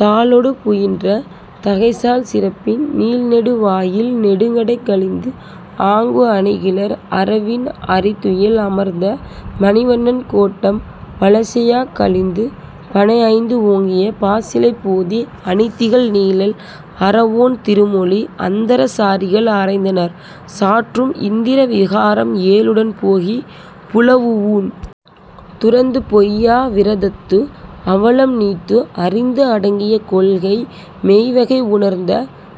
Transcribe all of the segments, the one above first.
தாளொடு குயின்ற தகைசால் சிறப்பின் நீள்நெடு வாயில் நெடுங்கடை கழிந்துஆங்கு, அணிகிளர் அரவின் அறிதுயில் அமர்ந்த மணிவண்ணன் கோட்டம் வலம்செயாக் கழிந்து, பணைஐந்து ஓங்கிய பாசிலைப் போதி அணிதிகழ் நீழல் அறவோன் திருமொழி அந்தர சாரிகள் அறைந்தனர் சாற்றும் இந்திர விகாரம் ஏழுடன் போகி, புலவுஊண் துறந்து பொய்யா விரதத்து அவலம் நீத்துஅறிந்து அடங்கிய கொள்கை மெய்வகை உணர்ந்த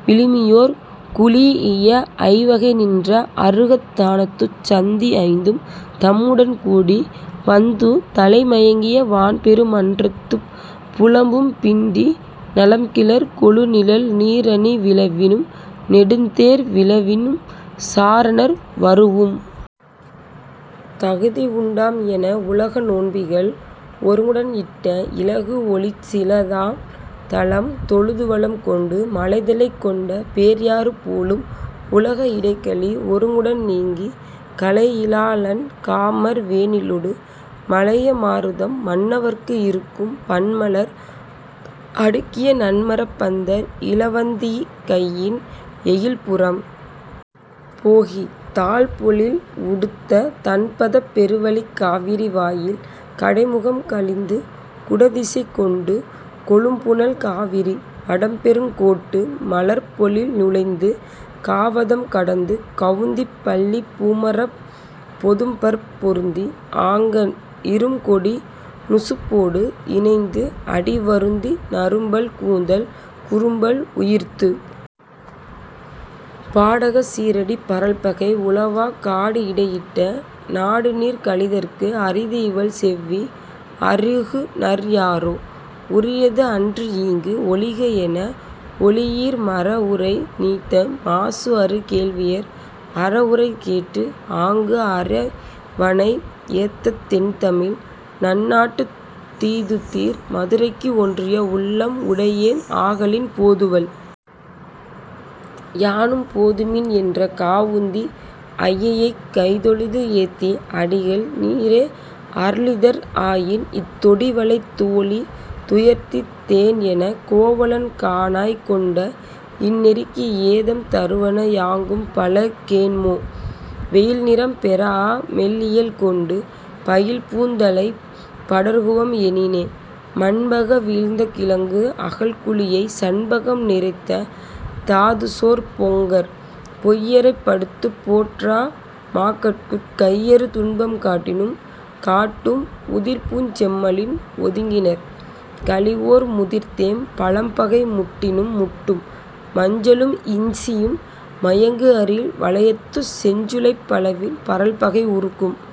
விழுமியோர் குழீஇய ஐவகை நின்ற அருகத் தானத்துச் சந்தி ஐந்தும் தம்முடன் கூடி வந்துதலை மயங்கிய வான்பெரு மன்றத்துப் புலம்பூம் பிண்டி நலம்கிளர் கொழுநிழல் நீர்அணி விழவினும் நெடுந்தேர் விழவினும் சாரணர் வருஉம் தகுதிஉண் டாம்என உலக நோன்பிகள் ஒருங்குடன் இட்ட இலகுஒளிச் சிலாதலம் தொழுதுவலம் கொண்டு, மலைதலைக் கொண்ட பேர்யாறு போலும் உலக இடைகழி ஒருங்குடன் நீங்கி, கலையி லாளன் காமர் வேனிலொடு மலைய மாருதம் மன்னவற்கு இறுக்கும் பன்மலர் அடுக்கிய நன்மரப் பந்தர் இலவந் திகையின் எயில்புறம் போகி, தாழ்பொழில் உடுத்த தண்பதப் பெருவழிக் காவிரி வாயில் கடைமுகம் கழிந்து, குடதிசைக் கொண்டு கொழும்புனல் காவிரி வடபெருங் கோட்டு மலர்ப்பொழில் நுழைந்து, காவதம் கடந்து கவுந்திப் பள்ளிப் பூமரப் பொதும்பர்ப் பொருந்தி ஆங்கண் இறும்கொடி நுசுப்போடு இனைந்துஅடி வருந்தி நறும்பல் கூந்தல் குறும்பல் உயிர்த்து பாடகச் சீறடி பரல்பகை உழவா காடுஇடை யிட்ட நாடுநீர் கழிதற்கு அரிதுஇவள் செவ்வி அறிகுநர் யாரோ உரியது அன்றுஈங்கு ஒழிகஎன ஒழியீர் மறஉரை நீத்த மாசுஅறு கேள்வியர் அறஉரை கேட்டுஆங்கு அறிவனை ஏத்தத் தென்தமிழ் நன்னாட்டுத் தீதுதீர் மதுரைக்கு ஒன்றிய உள்ளம் உடையேன் ஆகலின் போதுவல் யானும் போதுமின் என்ற காவுந்தி ஐயையைக் கைதொழுது ஏத்தி அடிகள் நீரே அருளிதிர் ஆயின்இத் தொடிவளைத் தோளி துயர்த்தீர்த் தேன்என, கோவலன் காணாய் கொண்ட இந்நெறிக்கு ஏதம் தருவன யாங்கும்பல கேண்மோ: வெயில்நிறம் பெறாஅ மெல்இயல் கொண்டு பயில்பூந் தண்டலைப் படர்குவம் எனினே, மண்பக வீழ்ந்த கிழங்குஅகழ் குழியைச் சண்பகம் நிறைத்த தாதுசோர் பொங்கர் பொய்யறைப் படுத்துப் போற்றா மாக்கட்குக் கையறு துன்பம் காட்டினும் காட்டும், உதிர்ப்பூஞ் செம்மலின் ஒதுங்கினர் கழிவோர் முதிர்த்தேம் பழம்பகை முட்டினும் முட்டும், மஞ்சளும் இஞ்சியும் மயங்குஅரில் வலயத்துச் செஞ்சுளைப் பலவின் பரல்பகை உறுக்கும்.